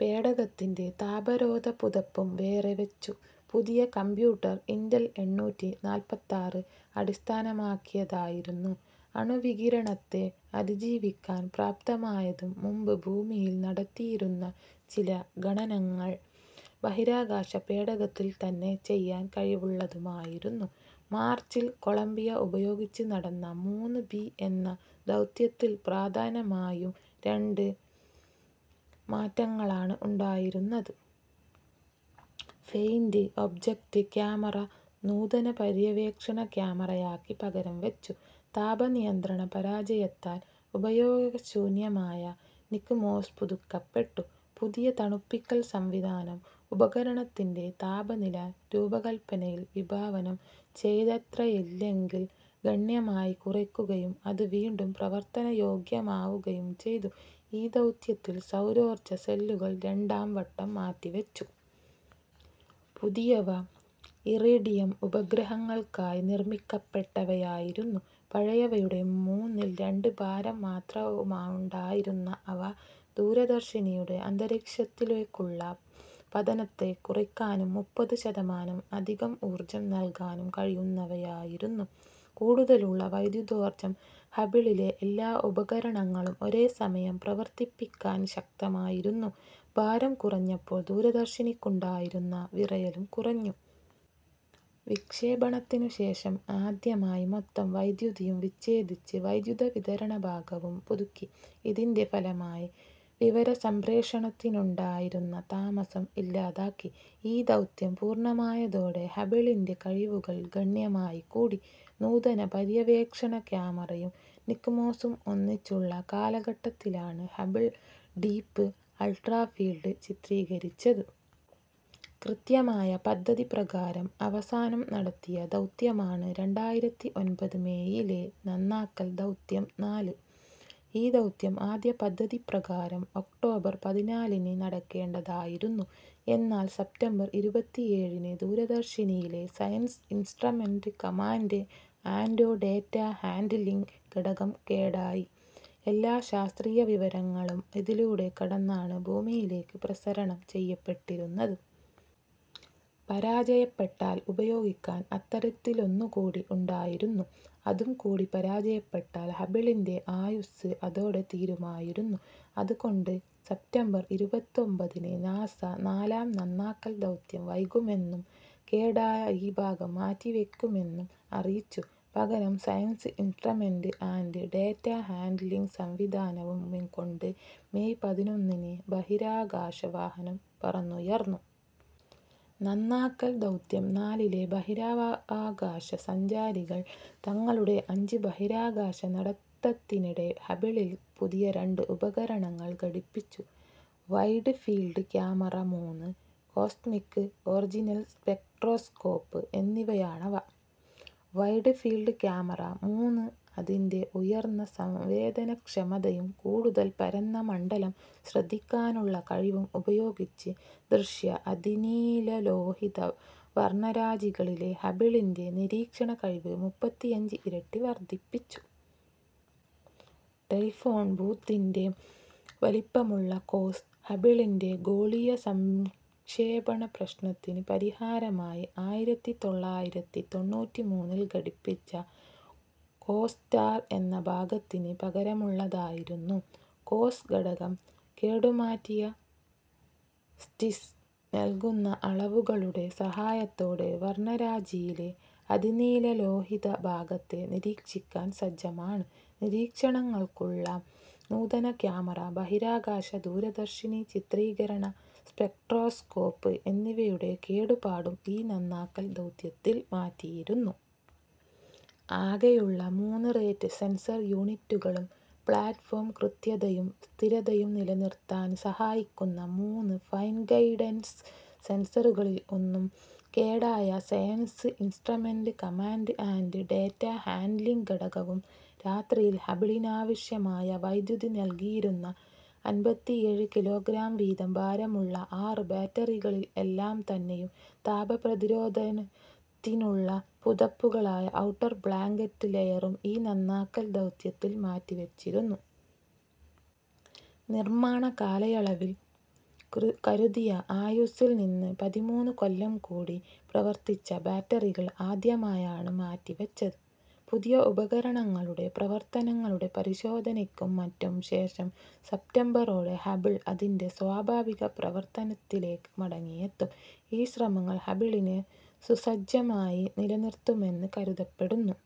പേടകത്തിൻ്റെ താപരോധ പുതപ്പും വേറെ വെച്ചു. പുതിയ കമ്പ്യൂട്ടർ ഇന്റൽ എണ്ണൂറ്റി നാൽപ്പത്താറ് അടിസ്ഥാനമാക്കിയതായിരുന്നു. അണുവികിരണത്തെ അതിജീവിക്കാൻ പ്രാപ്തമായതും മുമ്പ് ഭൂമിയിൽ നടത്തിയിരുന്ന ചില ഗണനങ്ങൾ ബഹിരാകാശ പേടകത്തിൽ തന്നെ ചെയ്യാൻ കഴിവുള്ളതുമായിരുന്നു. മാർച്ചിൽ കൊളംബിയ ഉപയോഗിച്ച് നടന്ന മൂന്ന് ബി എന്ന ദൗത്യത്തിൽ പ്രധാനമായും രണ്ട് മാറ്റങ്ങളാണ് ഉണ്ടായിരുന്നത്. ഫെയിൻ്റ് ഒബ്ജക്റ്റ് ക്യാമറ നൂതന പര്യവേക്ഷണ ക്യാമറയാക്കി പകരംവെച്ചു. താപ നിയന്ത്രണ പരാജയത്താൽ ഉപയോഗശൂന്യമായ നിക്മോസ് പുതുക്കപ്പെട്ടു. പുതിയ തണുപ്പിക്കൽ സംവിധാനം ഉപകരണത്തിൻ്റെ താപനില രൂപകല്പനയിൽ വിഭാവനം ചെയ്തത്രയില്ലെങ്കിൽ ഗണ്യമായി കുറയ്ക്കുകയും അത് വീണ്ടും പ്രവർത്തനയോഗ്യമാവുകയും ചെയ്തു. ഈ ദൗത്യത്തിൽ സൗരോർജ്ജ സെല്ലുകൾ രണ്ടാം വട്ടം മാറ്റിവെച്ചു. പുതിയവ ഇറിഡിയം ഉപഗ്രഹങ്ങൾക്കായി നിർമ്മിക്കപ്പെട്ടവയായിരുന്നു. പഴയവയുടെ മൂന്നിൽ രണ്ട് ഭാരം മാത്രമുണ്ടായിരുന്ന അവ, ദൂരദർശിനിയുടെ അന്തരീക്ഷത്തിലേക്കുള്ള പതനത്തെ കുറയ്ക്കാനും മുപ്പത് ശതമാനം അധികം ഊർജ്ജം നൽകാനും കഴിയുന്നവയായിരുന്നു. കൂടുതലുള്ള വൈദ്യുതോർജ്ജം ഹബിളിലെ എല്ലാ ഉപകരണങ്ങളും ഒരേ സമയം പ്രവർത്തിപ്പിക്കാൻ ശക്തമായിരുന്നു. ഭാരം കുറഞ്ഞപ്പോൾ ദൂരദർശിനിക്കുണ്ടായിരുന്ന വിറയലും കുറഞ്ഞു. വിക്ഷേപണത്തിനു ശേഷം ആദ്യമായി മൊത്തം വൈദ്യുതിയും വിച്ഛേദിച്ച് വൈദ്യുത വിതരണ ഭാഗവും പുതുക്കി. ഇതിൻ്റെ ഫലമായി വിവരസംപ്രേഷണത്തിനുണ്ടായിരുന്ന താമസം ഇല്ലാതാക്കി. ഈ ദൗത്യം പൂർണ്ണമായതോടെ ഹബിളിൻ്റെ കഴിവുകൾ ഗണ്യമായി കൂടി. നൂതന പര്യവേക്ഷണ ക്യാമറയും നിക്മോസും ഒന്നിച്ചുള്ള കാലഘട്ടത്തിലാണ് ഹബിൾ ഡീപ് അൾട്രാ ഫീൽഡ് ചിത്രീകരിച്ചത്. കൃത്യമായ പദ്ധതി പ്രകാരം അവസാനം നടത്തിയ ദൗത്യമാണ് രണ്ടായിരത്തി ഒൻപത് മേയിലെ നന്നാക്കൽ ദൗത്യം നാല്. ഈ ദൗത്യം ആദ്യ പദ്ധതിപ്രകാരം ഒക്ടോബർ പതിനാലിന് നടക്കേണ്ടതായിരുന്നു. എന്നാൽ സെപ്റ്റംബർ ഇരുപത്തേഴിന് ദൂരദർശിനിയിലെ science instrument command and data handling ഘടകം കേടായി. എല്ലാ ശാസ്ത്രീയ വിവരങ്ങളും ഇതിലൂടെ കടന്നാണ് ഭൂമിയിലേക്ക് പ്രസരണം ചെയ്യപ്പെട്ടിരുന്നത്. പരാജയപ്പെട്ടാൽ ഉപയോഗിക്കാൻ അത്തരത്തിലൊന്നു കൂടി ഉണ്ടായിരുന്നു. അതും കൂടി പരാജയപ്പെട്ടാൽ ഹബിളിൻ്റെ ആയുസ്സ് അതോടെ തീരുമായിരുന്നു. അതുകൊണ്ട് സെപ്റ്റംബർ ഇരുപത്തൊൻപതിന് നാസ നാലാം നന്നാക്കൽ ദൗത്യം വൈകുമെന്നും കേടായ ഈ ഭാഗം മാറ്റിവെയ്ക്കുമെന്നും അറിയിച്ചു. പകരം science instrument and data handling സംവിധാനവും കൊണ്ട് മേയ് പതിനൊന്നിന് ബഹിരാകാശ വാഹനം പറന്നുയർന്നു. നന്നാക്കൽ ദൗത്യം നാലിലെ ബഹിരാകാശ സഞ്ചാരികൾ തങ്ങളുടെ അഞ്ച് ബഹിരാകാശ നടത്തത്തിനിടെ ഹബിളിൽ പുതിയ രണ്ട് ഉപകരണങ്ങൾ ഘടിപ്പിച്ചു. വൈഡ് ഫീൽഡ് ക്യാമറ മൂന്ന്, കോസ്മിക് ഒറിജിൻസ് സ്പെക്ട്രോസ്കോപ്പ് എന്നിവയാണവ. വൈഡ് ഫീൽഡ് ക്യാമറ മൂന്ന് അതിൻ്റെ ഉയർന്ന സംവേദനക്ഷമതയും കൂടുതൽ പരന്ന മണ്ഡലം ശ്രദ്ധിക്കാനുള്ള കഴിവും ഉപയോഗിച്ച്, ദൃശ്യ അതിനീലലോഹിത വർണ്ണരാജികളിലെ ഹബിളിൻ്റെ നിരീക്ഷണ കഴിവ് മുപ്പത്തിയഞ്ച് ഇരട്ടി വർദ്ധിപ്പിച്ചു. ടെലിഫോൺ ബൂത്തിൻ്റെ വലിപ്പമുള്ള കോസ്, ഹബിളിൻ്റെ ഗോളീയ സംക്ഷേപണ പ്രശ്നത്തിന് പരിഹാരമായി ആയിരത്തി തൊള്ളായിരത്തി തൊണ്ണൂറ്റിമൂന്നിൽ ഘടിപ്പിച്ച കോസ്റ്റാർ എന്ന ഭാഗത്തിന് പകരമുള്ളതായിരുന്നു. കോസ് ഘടകം, കേടുമാറ്റിയ സ്റ്റിസ് നൽകുന്ന അളവുകളുടെ സഹായത്തോടെ വർണ്ണരാജിയിലെ അതിനീലലോഹിത ഭാഗത്തെ നിരീക്ഷിക്കാൻ സജ്ജമാണ്. നിരീക്ഷണങ്ങൾക്കുള്ള നൂതന ക്യാമറ, ബഹിരാകാശ ദൂരദർശിനി ചിത്രീകരണ സ്പെക്ട്രോസ്കോപ്പ് എന്നിവയുടെ കേടുപാടും ഈ നന്നാക്കൽ ദൗത്യത്തിൽ മാറ്റിയിരുന്നു. ആകെയുള്ള മൂന്ന് റേറ്റ് സെൻസർ യൂണിറ്റുകളും, പ്ലാറ്റ്ഫോം കൃത്യതയും സ്ഥിരതയും നിലനിർത്താൻ സഹായിക്കുന്ന മൂന്ന് ഫൈൻ ഗൈഡൻസ് സെൻസറുകളിൽ ഒന്നും, കേടായ science instrument command and data handling ഘടകവും, രാത്രിയിൽ ഹബിളിനാവശ്യമായ വൈദ്യുതി നൽകിയിരുന്ന അൻപത്തിയേഴ് കിലോഗ്രാം വീതം ഭാരമുള്ള ആറ് ബാറ്ററികളിൽ എല്ലാം തന്നെയും, താപ പ്രതിരോധത്തിനുള്ള പുതപ്പുകളായ ഔട്ടർ ബ്ലാങ്കറ്റ് ലെയറും ഈ നന്നാക്കൽ ദൗത്യത്തിൽ മാറ്റിവെച്ചിരുന്നു. നിർമ്മാണ കാലയളവിൽ കരുതിയ ആയുസ്സിൽ നിന്നും പതിമൂന്ന് കൊല്ലം കൂടി പ്രവർത്തിച്ച ബാറ്ററികൾ ആദ്യമായാണ് മാറ്റിവെച്ചത്. പുതിയ ഉപകരണങ്ങളുടെ പ്രവർത്തനങ്ങളുടെ പരിശോധനയ്ക്കും മറ്റും ശേഷം സെപ്റ്റംബറോടെ ഹബിൾ അതിൻ്റെ സ്വാഭാവിക പ്രവർത്തനത്തിലേക്ക് മടങ്ങിയെത്തും. ഈ ശ്രമങ്ങൾ ഹബിളിനെ സുസജ്ജമായി നിലനിർത്തുമെന്ന് കരുതപ്പെടുന്നു.